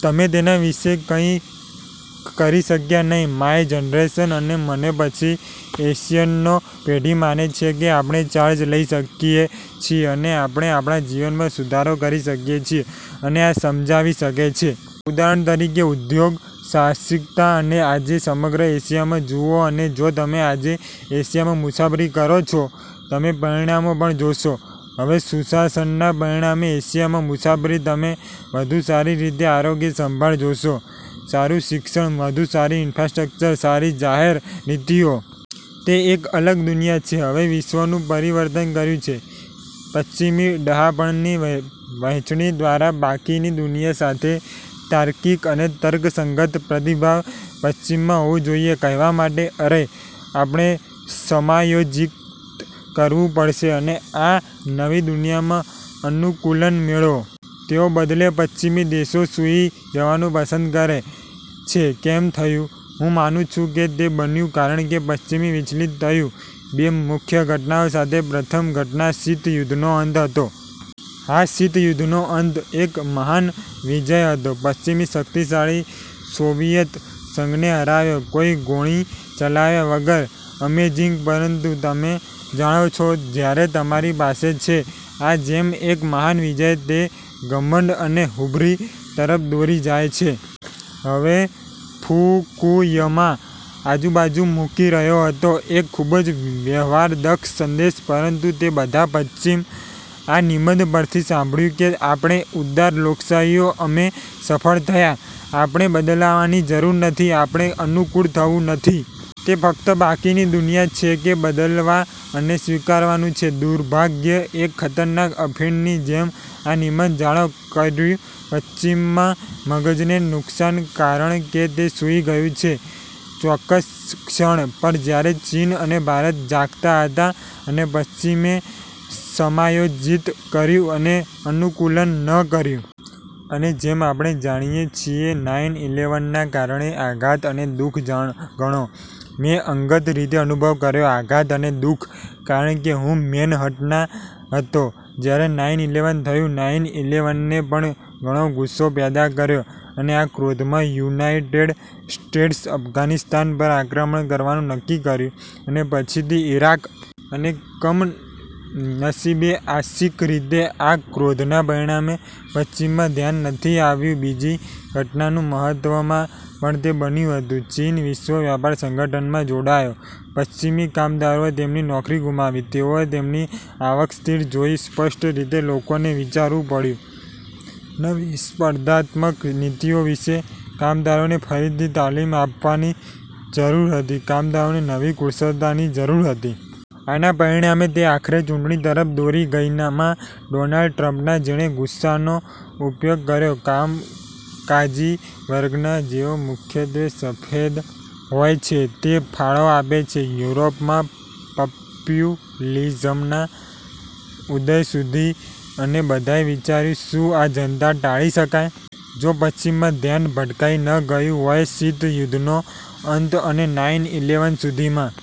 તમે તેના વિશે કંઇ કરી શક્યા નહીં. માય જનરેશન અને મને પછી એશિયનો પેઢી માને છે કે આપણે ચાર્જ લઈ શકીએ છીએ અને આપણે આપણા જીવનમાં સુધારો કરી શકીએ છીએ અને આ સમજાવી શકે છે. ઉદાહરણ તરીકે, ઉદ્યોગ સાહસિકતા તમે આજે સમગ્ર એશિયામાં જુઓ અને જો તમે આજે એશિયામાં મુસાફરી કરો છો, તમે પરિણામો પણ જોશો. હવે સુશાસનના પરિણામે એશિયામાં મુસાફરી તમે વધુ સારી રીતે આરોગ્ય સંભાળ જોશો, સારું શિક્ષણ, વધુ સારી ઈન્ફ્રાસ્ટ્રક્ચર, સારી જાહેર નીતિઓ. તે એક અલગ દુનિયા છે. હવે વિશ્વનું પરિવર્તન કર્યું છે પશ્ચિમી ડહાપણની વહેંચણી દ્વારા બાકીની દુનિયા સાથે. તાર્કિક અને તર્કસંગત પ્રતિભાવ પશ્ચિમમાં હોવું જોઈએ કહેવા માટે, "અરે, આપણે સમાયોજિત કરવું પડશે અને આ નવી દુનિયામાં અનુકૂલન મેળવો." તેના બદલે, પશ્ચિમી દેશો સૂઈ જવાનું પસંદ કરે છે. કેમ થયું? હું માનું છું કે તે બન્યું કારણ કે પશ્ચિમ વિચલિત થઈ ગયું બે મુખ્ય ઘટનાઓ સાથે. પ્રથમ ઘટના શીત યુદ્ધનો અંત હતો. હા, શીત યુદ્ધનો અંત એક મહાન વિજય હતો. પશ્ચિમે શકિતશાળી સોવિયત સંઘને હરાવ્યો કોઈ ગોળી ચલાવ્યા વગર. અમેઝિંગ! પરંતુ તમે જાણો છો, જ્યારે તમારી પાસે છે આ જેમ એક મહાન વિજય, તે ઘમંડ અને હુબ્રી તરફ દોરી જાય છે? હવે, ફુકુયમા આજુબાજુ મૂકી રહ્યો હતો એક ખૂબ જ વ્યવહારદક્ષ સંદેશ પરંતુ તે બધાં પશ્ચિમ આ નિબંધ પરથી સાંભળ્યું કે આપણે ઉદાર લોકશાહીઓ અમે સફળ થયા, આપણે બદલવાની જરૂર નથી, આપણે અનુકૂળ થવું નથી. તે ફક્ત બાકીની દુનિયા છે કે બદલવા અને સ્વીકારવાનું છે. દુર્ભાગ્યે, એક ખતરનાક અફીણની જેમ આ નિબંધ ઘણો કર્યું પશ્ચિમમાં મગજને નુકસાન કારણ કે તે સૂઈ ગયું છે ચોક્કસ ક્ષણ પર જ્યારે ચીન અને ભારત જાગતા હતા અને પશ્ચિમે સમાયોજિત કર્યું અને અનુકૂલન ન કર્યું. અને જેમ આપણે જાણીએ છીએ નાઈન ઈલેવેનના કારણે આઘાત અને દુઃખ ઘણો. મેં અંગત રીતે અનુભવ કર્યો આઘાત અને દુઃખ કારણ કે હું મેનહટનમાં હતો જ્યારે નાઈન ઈલેવેન થયું. નાઈન ઈલેવેને પણ ઘણો ગુસ્સો પેદા કર્યો અને આ ક્રોધમાં યુનાઇટેડ સ્ટેટ્સ અફઘાનિસ્તાન પર આક્રમણ કરવાનું નક્કી કર્યું અને પછીથી ઇરાક. અને કમનસીબે આંશિક રીતે આ ક્રોધના પરિણામે, પશ્ચિમમાં ધ્યાન નથી આવ્યું બીજી ઘટનાનું મહત્વમાં પણ તે બન્યું હતું. ચીન વિશ્વ વેપાર સંગઠનમાં જોડાયો. પશ્ચિમી કામદારોએ તેમની નોકરી ગુમાવી. તેઓએ તેમની આવક સ્થિર જોઈ, સ્પષ્ટ રીતે લોકોને વિચારવું પડ્યું નવી સ્પર્ધાત્મક નીતિઓ વિશે, કામદારોને ફરીથી તાલીમ આપવાની જરૂર હતી, કામદારોને નવી કુશળતાની જરૂર હતી. આના પરિણામે, તે આખરે ચૂંટણી તરફ દોરી ગઈમાં ડોનાલ્ડ ટ્રમ્પના, જેણે ગુસ્સોનો ઉપયોગ કર્યો કામકાજી વર્ગના, જેઓ મુખ્યત્વે સફેદ હોય છે. તે ફાળો આપે છે યુરોપમાં પપ્યુલીઝમના ઉદય સુધી. અને બધાએ વિચાર્યું શું આ જનતા ટાળી શકાય? જો પશ્ચિમમાં ધ્યાન ભટકાઈ ન ગયું હોય શીત યુદ્ધનો અંત અને નાઈન ઈલેવેન સુધીમાં?